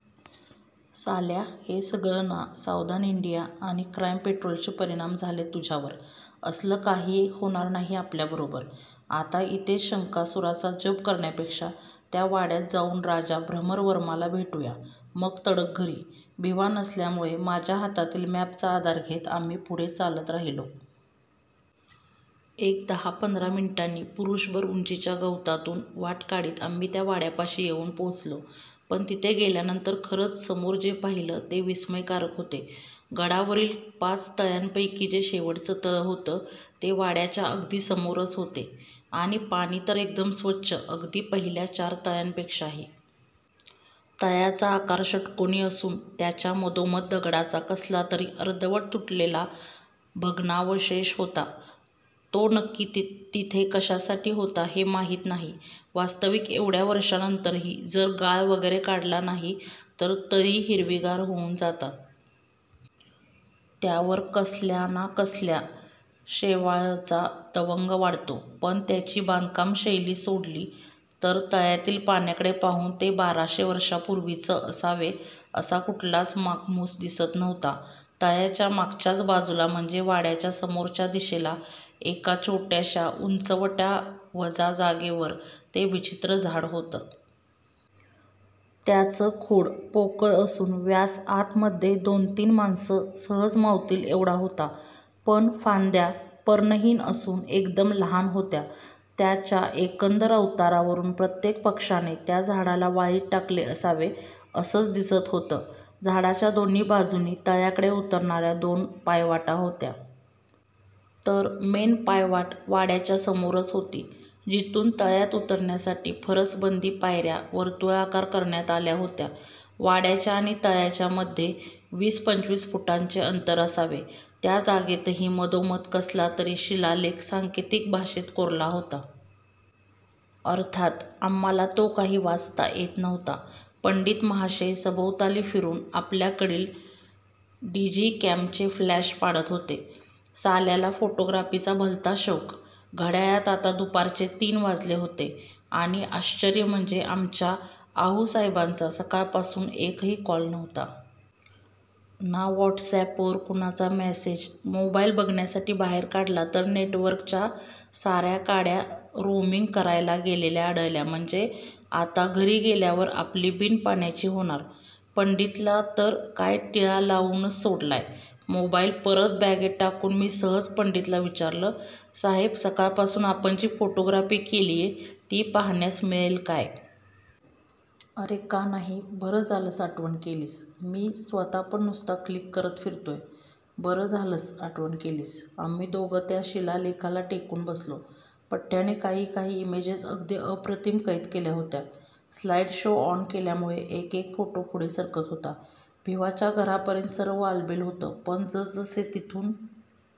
साल्या हे सगळं ना सावधान इंडिया आणि क्राईम पेट्रोलचे परिणाम झालेत तुझ्यावर. असलं काही एक होणार नाही आपल्याबरोबर आता इथेच शंकासुराचा जप करण्यापेक्षा त्या वाड्यात जाऊन राजा भ्रमरवर्माला भेटूया मग तडक घरी. भिवा नसल्यामुळे माझ्या हातातील मॅपचा आधार घेत आम्ही पुढे चालत राहिलो. एक दहा पंधरा मिनिटांनी पुरुषभर उंचीच्या गवतातून वाट काढत आम्ही त्या वाड्यापाशी येऊन पोहोचलो. पण तिथे गेल्यानंतर खरंच समोर जे पाहिले ते विस्मयकारक होते. गडावरील पाच तळ्यांपैकी जे शेवटचं तळं होतं ते वाड्याच्या अगदी समोरच होते आणि पाणी तर एकदम स्वच्छ अगदी पहिल्या चार तळ्यांपेक्षाही. तळ्याचा आकार षटकोणी असून त्याच्या मधोमध दगडाचा कसलातरी अर्धवट तुटलेला भग्नावशेष होता तो नक्की तिथे कशासाठी होता हे माहीत नाही. वास्तविक एवढ्या वर्षांनंतरही जर गाळ वगैरे काढला नाही तर तळी हिरवीगार होऊन जातात. त्यावर कसल्या ना कसल्या शेवाळंचा तवंग वाढतो. पण त्याची बांधकाम शैली सोडली तर तळ्यातील पाण्याकडे पाहून ते बाराशे वर्षांपूर्वीच असावे असा कुठलाच मागमूस दिसत नव्हता. तळ्याच्या मागच्याच बाजूला म्हणजे वाड्याच्या समोरच्या दिशेला एका छोट्याशा उंचवट्यावजा जागेवर ते विचित्र झाड होतं. त्याचं खोड पोकळ असून व्यास आतमध्ये दोनतीन माणसं सहज मावतील एवढा होता. पण फांद्या पर्णहीन असून एकदम लहान होत्या. त्याच्या एकंदर अवतारावरून प्रत्येक पक्षाने त्या झाडाला वाळीत टाकले असावे असंच दिसत होतं. झाडाच्या दोन्ही बाजूंनी तळ्याकडे उतरणाऱ्या दोन पायवाटा होत्या. तर मेन पायवाट वाड्याच्या समोरच होती. जिथून तळ्यात उतरण्यासाठी फरसबंदी पायऱ्या वर्तुळाकार करण्यात आल्या होत्या. वाड्याच्या आणि तळ्याच्या मध्ये वीस पंचवीस फुटांचे अंतर असावे त्या जागेतही मधोमध कसला तरी शिलालेख सांकेतिक भाषेत कोरला होता. अर्थात आम्हाला तो काही वाचता येत नव्हता. पंडित महाशय सभोवताली फिरून आपल्याकडील डिजिकॅमचे फ्लॅश पाडत होते. साल्याला फोटोग्राफीचा भलता शौक घड्याळात आता दुपारचे तीन वाजले होते. आणि आश्चर्य म्हणजे आमच्या आऊ साहेबांचा सकाळपासून एकही कॉल नव्हता. ना व्हॉट्सअॅपवर कुणाचा मेसेज मोबाईल बघण्यासाठी बाहेर काढला तर नेटवर्कच्या साऱ्या काड्या रोमिंग करायला गेलेल्या आढळल्या. म्हणजे आता घरी गेल्यावर आपली बिन पाण्याची होणार. पंडितला तर काय टिळा लावूनच सोडलाय. मोबाईल परत बॅगेत टाकून मी सहज पंडितला विचारलं साहेब सकाळपासून आपण जी फोटोग्राफी केलीय ती पाहण्यास मिळेल काय. अरे का नाही. बरं झालंस आठवण केलीस मी स्वतःपण नुसता क्लिक करत फिरतोय. बरं झालंस आठवण केलीस. आम्ही दोघे त्या शिलालेखाला टेकून बसलो. पठ्याने काही काही इमेजेस अगदी अप्रतिम कैद केल्या होत्या. स्लाईड शो ऑन केल्यामुळे एक एक फोटो पुढे सरकत होता. भिवाच्या घरापर्यंत सर्व आलबेल होतं पण जसजसे तिथून